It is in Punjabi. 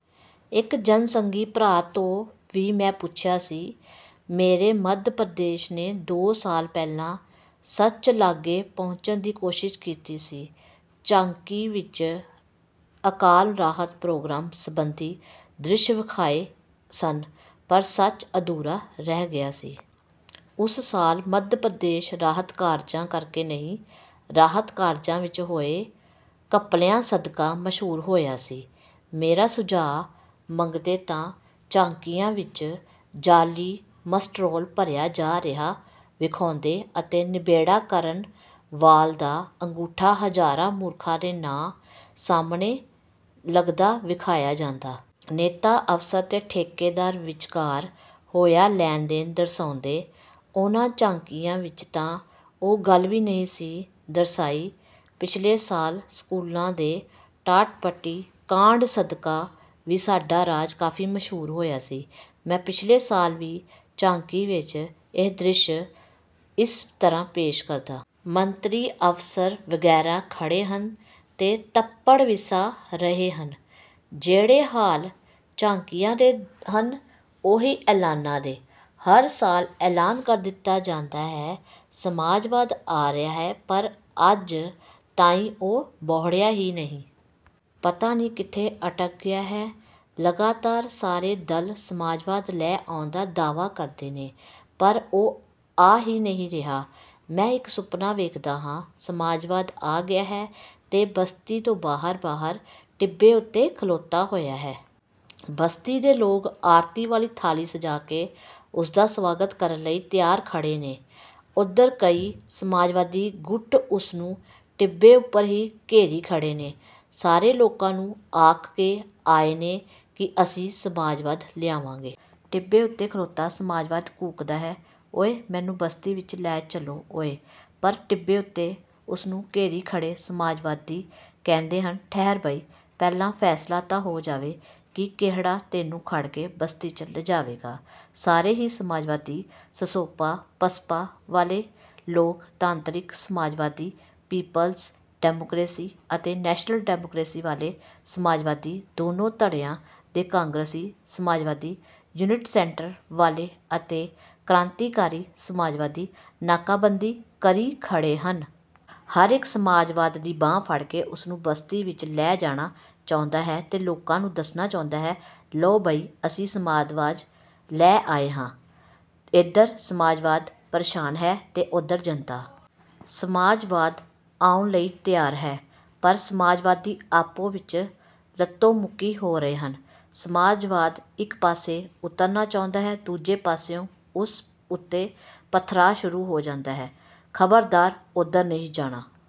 ਇਕ ਜਨਸੰਘੀ ਭਰਾ ਤੋਂ ਵੀ ਮੈਂ ਪੁੱਛਿਆ ਸੀ। ਮੇਰੇ ਮੱਧ-ਪ੍ਰਦੇਸ਼ ਨੇ ਦੋ ਸਾਲ ਪਹਿਲਾਂ ਸੱਚ ਲਾਗੇ ਪਹੁੰਚਣ ਦੀ ਕੋਸ਼ਿਸ਼ ਕੀਤੀ ਸੀ, ਝਾਕੀ ਵਿਚ ਅਕਾਲ ਰਾਹਤ ਪ੍ਰੋਗਰਾਮ ਸਬੰਧੀ ਦ੍ਰਿਸ਼ ਵਿਖਾਏ ਸਨ। ਪਰ ਸੱਚ ਅਧੂਰਾ ਰਹਿ ਗਿਆ ਸੀ। ਉਸ ਸਾਲ ਮੱਧ-ਪ੍ਰਦੇਸ਼ ਰਾਹਤ ਕਾਰਜਾਂ ਕਰਕੇ ਨਹੀਂ, ਰਾਹਤ ਕਾਰਜਾਂ ਵਿਚ ਹੋਏ ਘਪਲਿਆਂ ਸਦਕਾ ਮਸ਼ਹੂਰ ਹੋਇਆ ਸੀ। ਮੇਰਾ ਸੁਝਾਅ ਮੰਗਦੇ ਤਾਂ ਝਾਕੀਆਂ ਵਿਚ ਜਾਲ੍ਹੀ ਮਸਟਰੋਲ ਭਰਿਆ ਜਾ ਰਿਹਾ ਵਿਖਾਉਂਦੇ ਅਤੇ ਨਿਬੇੜਾ ਕਰਨ ਵਾਲ ਦਾ ਅੰਗੂਠਾ ਹਜ਼ਾਰਾਂ ਮੂਰਖਾਂ ਦੇ ਨਾਂਅ ਸਾਹਮਣੇ ਲੱਗਦਾ ਵਿਖਾਇਆ ਜਾਂਦਾ। ਨੇਤਾ, ਅਫ਼ਸਰ ਤੇ ਠੇਕੇਦਾਰ ਵਿਚਕਾਰ ਹੋਇਆ ਲੈਣ-ਦੇਣ ਦਰਸਾਉਂਦੇ। ਉਹਨਾਂ ਝਾਕੀਆਂ ਵਿਚ ਤਾਂ ਉਹ ਗੱਲ ਵੀ ਨਹੀਂ ਸੀ ਦਰਸਾਈਂ। ਪਿਛਲੇ ਸਾਲ ਸਕੂਲਾਂ ਦੇ ਟਾਟ-ਪੱਟੀ ਕਾਂਢ ਸਦਕਾ ਵੀ ਸਾਡਾ ਰਾਜ ਕਾਫ਼ੀ ਮਸ਼ਹੂਰ ਹੋਇਆ ਸੀ। ਮੈਂ ਪਿਛਲੇ ਸਾਲ ਦੀ ਝਾਕੀ ਵਿਚ ਇਹ ਦ੍ਰਿਸ਼ ਇਸ ਤਰ੍ਹਾਂ ਪੇਸ਼ ਕਰਦਾ। ਮੰਤਰੀ, ਅਫ਼ਸਰ ਵਗ਼ੈਰਾ ਖੜ੍ਹੇ ਹਨ ਤੇ ਤੱਪੜ ਵਿਸਾ ਰਹੇ ਹਨ। ਜਿਹੜੇ ਹਾਲ ਝਾਕੀਆਂ ਦੇ ਹਨ, ਉਹੀ ਐਲਾਨਾ ਦੇ। ਹਰ ਸਾਲ ਐਲਾਨ ਕਰ ਦਿੱਤਾ ਜਾਂਦਾ ਹੈ, ਸਮਾਜਵਾਦ ਆ ਰਿਹਾ ਹੈ। ਪਰ ਅੱਜ ਤਾਈਂ ਉਹ ਬਹੁੜਿਆ ਹੀ ਨਹੀਂ। ਪਤਾ ਨਹੀਂ ਕਿੱਥੇ ਅਟਕ ਗਿਆ ਹੈ? ਲਗਾਤਾਰ ਸਾਰੇ ਦਲ ਸਮਾਜਵਾਦ ਲੈ ਆਉਣ ਦਾ ਦਾਅਵਾ ਕਰਦੇ ਨੇ, ਪਰ ਉਹ ਆ ਹੀ ਨਹੀਂ ਰਿਹਾ। ਮੈਂ ਇਕ ਸੁਪਨਾ ਵੇਖਦਾ ਹਾਂ: ਸਮਾਜਵਾਦ ਆ ਗਿਆ ਹੈ ਤੇ ਬਸਤੀ ਤੋਂ ਬਾਹਰ-ਬਾਹਰ ਟਿੱਬੇ ਉੱਤੇ ਖਲੋਤਾ ਹੋਇਆ ਹੈ। ਬਸਤੀ ਦੇ ਲੋਕ ਆਰਤੀ ਵਾਲੀ ਥਾਲੀ ਸਜਾ ਕੇ ਉਸਦਾ ਸਵਾਗਤ ਕਰਨ ਲਈ ਤਿਆਰ ਖੜ੍ਹੇ ਨੇ। ਉਧਰ ਕਈ ਸਮਾਜਵਾਦੀ ਗੁੱਟ ਉਸਨੂੰ ਟਿੱਬੇ ਉਪਰ ਹੀ ਘੇਰੀ ਖੜ੍ਹੇ ਨੇ। ਸਾਰੇ ਲੋਕਾਂ ਨੂੰ ਆਖ ਕੇ ਆਏ ਨੇ ਕਿ ਅਸੀਂ ਸਮਾਜਵਾਦ ਲਿਆਵਾਂਗੇ। ਟਿੱਬੇ ਉੱਤੇ ਖਲੋਤਾ ਸਮਾਜਵਾਦ ਕੂਕਦਾ ਹੈ, 'ਓਇ ਮੈਨੂੰ ਬਸਤੀ ਵਿਚ ਲੈ ਚੱਲੋ ਓਇ ' ਪਰ ਟਿੱਬੇ ਉੱਤੇ ਉਸਨੂੰ ਘੇਰੀ ਖੜ੍ਹੇ ਸਮਾਜਵਾਦੀ ਕਹਿੰਦੇ ਹਨ, 'ਠਹਿਰ ਬਈ, ਪਹਿਲਾਂ ਫੈਸਲਾ ਤਾਂ ਹੋ ਜਾਵੇ ਕਿ ਕਿਹੜਾ ਤੈਨੂੰ ਖੜ ਕੇ ਬਸਤੀ 'ਚ ਲਿਜਾਵੇਗਾ' ਸਾਰੇ ਹੀ ਸਮਾਜਵਾਦੀ ਸਸੋਪਾ, ਪਸਪਾ ਵਾਲੇ ਲੋਕ ਤਾਂਤਰਿਕ ਸਮਾਜਵਾਦੀ, ਪੀਪਲਜ਼ ਡੈਮੋਕਰੇਸੀ ਅਤੇ ਨੈਸ਼ਨਲ ਡੈਮੋਕਰੇਸੀ ਵਾਲੇ ਸਮਾਜਵਾਦੀ, ਦੋਨੋ ਧੜਿਆਂ ਦੇ ਕਾਂਗਰਸੀ ਸਮਾਜਵਾਦੀ, ਯੂਨਿਟ ਸੈਂਟਰ ਵਾਲੇ ਅਤੇ ਕਰਾਂਤੀਕਾਰੀ ਸਮਾਜਵਾਦੀ ਨਾਕਾਬੰਦੀ ਕਰੀ ਖੜ੍ਹੇ ਹਨ। ਹਰੇਕ ਸਮਾਜਵਾਦ ਦੀ ਬਾਂਹ ਫੜ੍ਹ ਕੇ ਉਸਨੂੰ ਬਸਤੀ ਵਿਚ ਲੈ ਜਾਣਾ ਚਾਹੁੰਦਾ ਹੈ ਤੇ ਲੋਕਾਂ ਨੂੰ ਦੱਸਣਾ ਚਾਹੁੰਦਾ ਹੈ, 'ਲਓ ਬਈ ਅਸੀਂ ਸਮਾਜਵਾਦ ਲੈ ਆਏ ਹਾਂ। ' ਇਧਰ ਸਮਾਜਵਾਦ ਪ੍ਰੇਸ਼ਾਨ ਹੈ ਤੇ ਉਧਰ ਜੰਤਾ। ਸਮਾਜਵਾਦ ਆਉਣ ਲਈ ਤਿਆਰ ਹੈ, ਪਰ ਸਮਾਜਵਾਦੀ ਆਪੋ ਵਿਚ ਲੱਤੋ-ਮੁੱਕੀ ਹੋ ਰਹੇ ਹਨ। ਸਮਾਜਵਾਦ ਇਕ ਪਾਸੇ ਉਤਰਨਾਂ ਚਾਹੁੰਦਾ ਹੈ, ਦੂਜੇ ਪਾਸਿਓਂ ਉਸ ਉੱਤੇ ਪਥਰਾਅ ਸ਼ੁਰੂ ਹੋ ਜਾਂਦਾ ਹੈ। 'ਖਬਰਦਾਰ ਉਧਰ ਨਹੀਂ ਜਾਣਾ।